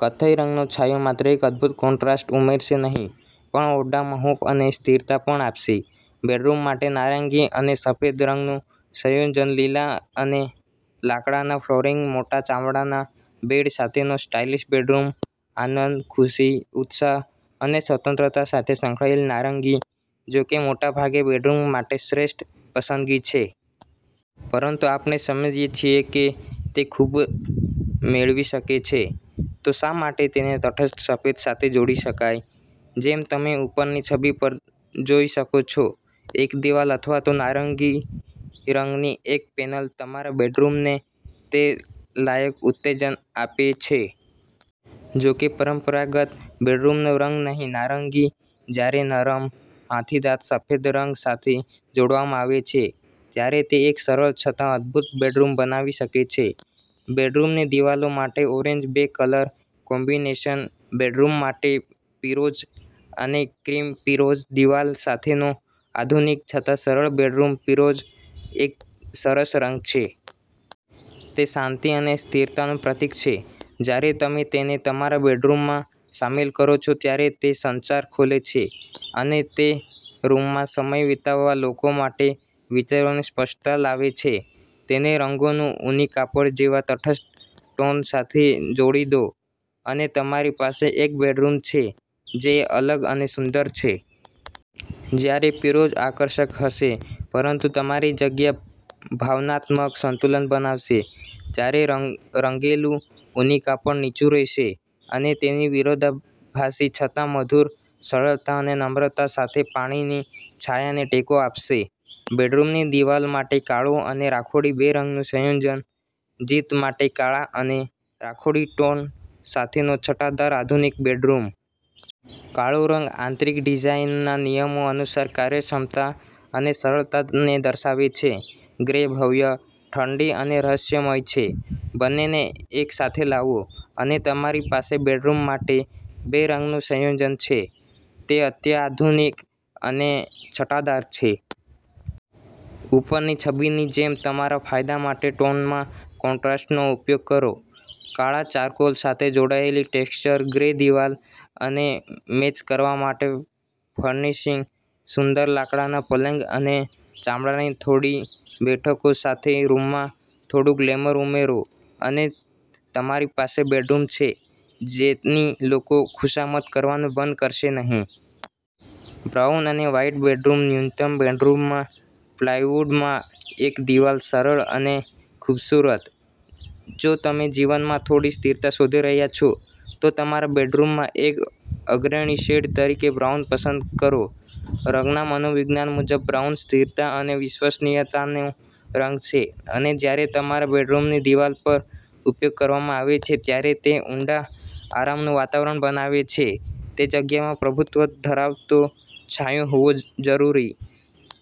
કથ્થઈ રંગનો છાંયો માત્ર એક અદ્ભુત કોન્ટ્રાસ્ટ ઉમેરશે નહીં પણ ઓરડામાં હૂંફ અને સ્થિરતા પણ આપશે. બેડરૂમ માટે નારંગી અને સફેદ રંગનું સંયોજન લીલા અને લાકડાના ફ્લોરિંગમાં મોટા ચામડાના બેડ સાથેનો સ્ટાઇલિશ બેડરૂમ આનંદ, ખુશી, ઉત્સાહ અને સ્વતંત્રતા સાથે સંકળાયેલ નારંગી, જો કે મોટેભાગે, બેડરૂમ માટે શ્રેષ્ઠ પસંદગી છે. પરંતુ આપણે સમજીએ છીએ કે તે ખૂબ મેળવી શકે છે, તો શા માટે તેને તટસ્થ સફેદ સાથે જોડી શકાય? જેમ તમે ઉપરની છબી પરથી જોઈ શકો છો, એક દીવાલ અથવા તો નારંગી રંગની એક પેનલ તમારા બેડરૂમને તે લાયક ઉત્તેજના આપે છે. જો કે, પરંપરાગત બેડરૂમનો રંગ નહીં, નારંગી, જ્યારે નરમ, હાથીદાંતના સફેદ રંગ સાથે જોડવામાં આવે છે, ત્યારે તે એક સરળ છતાં અદભૂત બેડરૂમ બનાવી શકે છે. બેડરૂમની દિવાલો માટે ઓરેન્જ બે કલર કોમ્બિનેશન બેડરૂમ માટે પીરોજ અને ક્રીમ પીરોજ દિવાલ સાથેનો આધુનિક છતાં સરળ બેડરૂમ પીરોજ એક સરસ રંગ છે. તે શાંતિ અને સ્થિરતાનું પ્રતીક છે. જ્યારે તમે તેને તમારા બેડરૂમમાં સામેલ કરો છો, ત્યારે તે સંચાર ખોલે છે અને તે રૂમમાં સમય વિતાવતા લોકો માટે વિચારોની સ્પષ્ટતા લાવે છે. તેને રંગેલું ઊની કાપડ જેવા તટસ્થ ટોન સાથે જોડી દો, અને તમારી પાસે એક બેડરૂમ છે જે અલગ અને સુંદર છે. જ્યારે પીરોજ આકર્ષક હશે પરંતુ તમારી જગ્યામાં ભાવનાત્મક સંતુલન બનાવશે, ત્યારે રંગેલું ઊની કાપડ નીચું રહેશે અને તેની વિરોધાભાસી છતાં મધુર સરળતા અને નમ્રતા સાથે પાણીની છાયાને ટેકો આપશે. બેડરૂમની દિવાલો માટે કાળો અને રાખોડી બે રંગનું સંયોજન જીત માટે કાળા અને રાખોડી ટોન સાથેનો છટાદાર આધુનિક બેડરૂમ! કાળો રંગ આંતરિક ડિઝાઇનના નિયમો અનુસાર કાર્યક્ષમતા અને સરળતાને દર્શાવે છે. ગ્રે ભવ્ય, ઠંડી અને રહસ્યમય છે. બંનેને એકસાથે લાવો, અને તમારી પાસે બેડરૂમ માટે બે રંગનું સંયોજન છે, તે અત્યાધુનિક અને છટાદાર છે. ઉપરની છબીની જેમ તમારા ફાયદા માટે ટોનમાં કોન્ટ્રાસ્ટનો ઉપયોગ કરો. કાળા ચારકોલ સાથે જોડાયેલી ટેક્ષ્ચર ગ્રે દિવાલ અને મેચ કરવા માટે ફર્નિશિંગ. સુંદર લાકડાના પલંગ અને ચામડાની થોડી બેઠકો સાથે રૂમમાં થોડું ગ્લેમર ઉમેરો, અને તમારી પાસે બેડરૂમ છે, જેની લોકો ખુશામત કરવાનું બંધ કરશે નહીં. બ્રાઉન અને વ્હાઇટ બેડરૂમ ન્યૂનતમ બેડરૂમમાં પ્લાયવુડમાં એક દિવાલ સરળ અને ખૂબસૂરત. જો તમે જીવનમાં થોડી સ્થિરતા શોધી રહ્યા છો, તો તમારા બેડરૂમમાં એક અગ્રણી શેડ તરીકે બ્રાઉન પસંદ કરો. રંગના મનોવિજ્ઞાન મુજબ, બ્રાઉન સ્થિરતા અને વિશ્વસનીયતાનો રંગ છે, અને જ્યારે તમારા બેડરૂમની દિવાલો પર ઉપયોગ કરવામાં આવે છે, ત્યારે તે ઊંડા આરામનું વાતાવરણ બનાવે છે. તે જગ્યામાં પ્રભુત્વ ધરાવતો છાંયો હોવો જરૂરી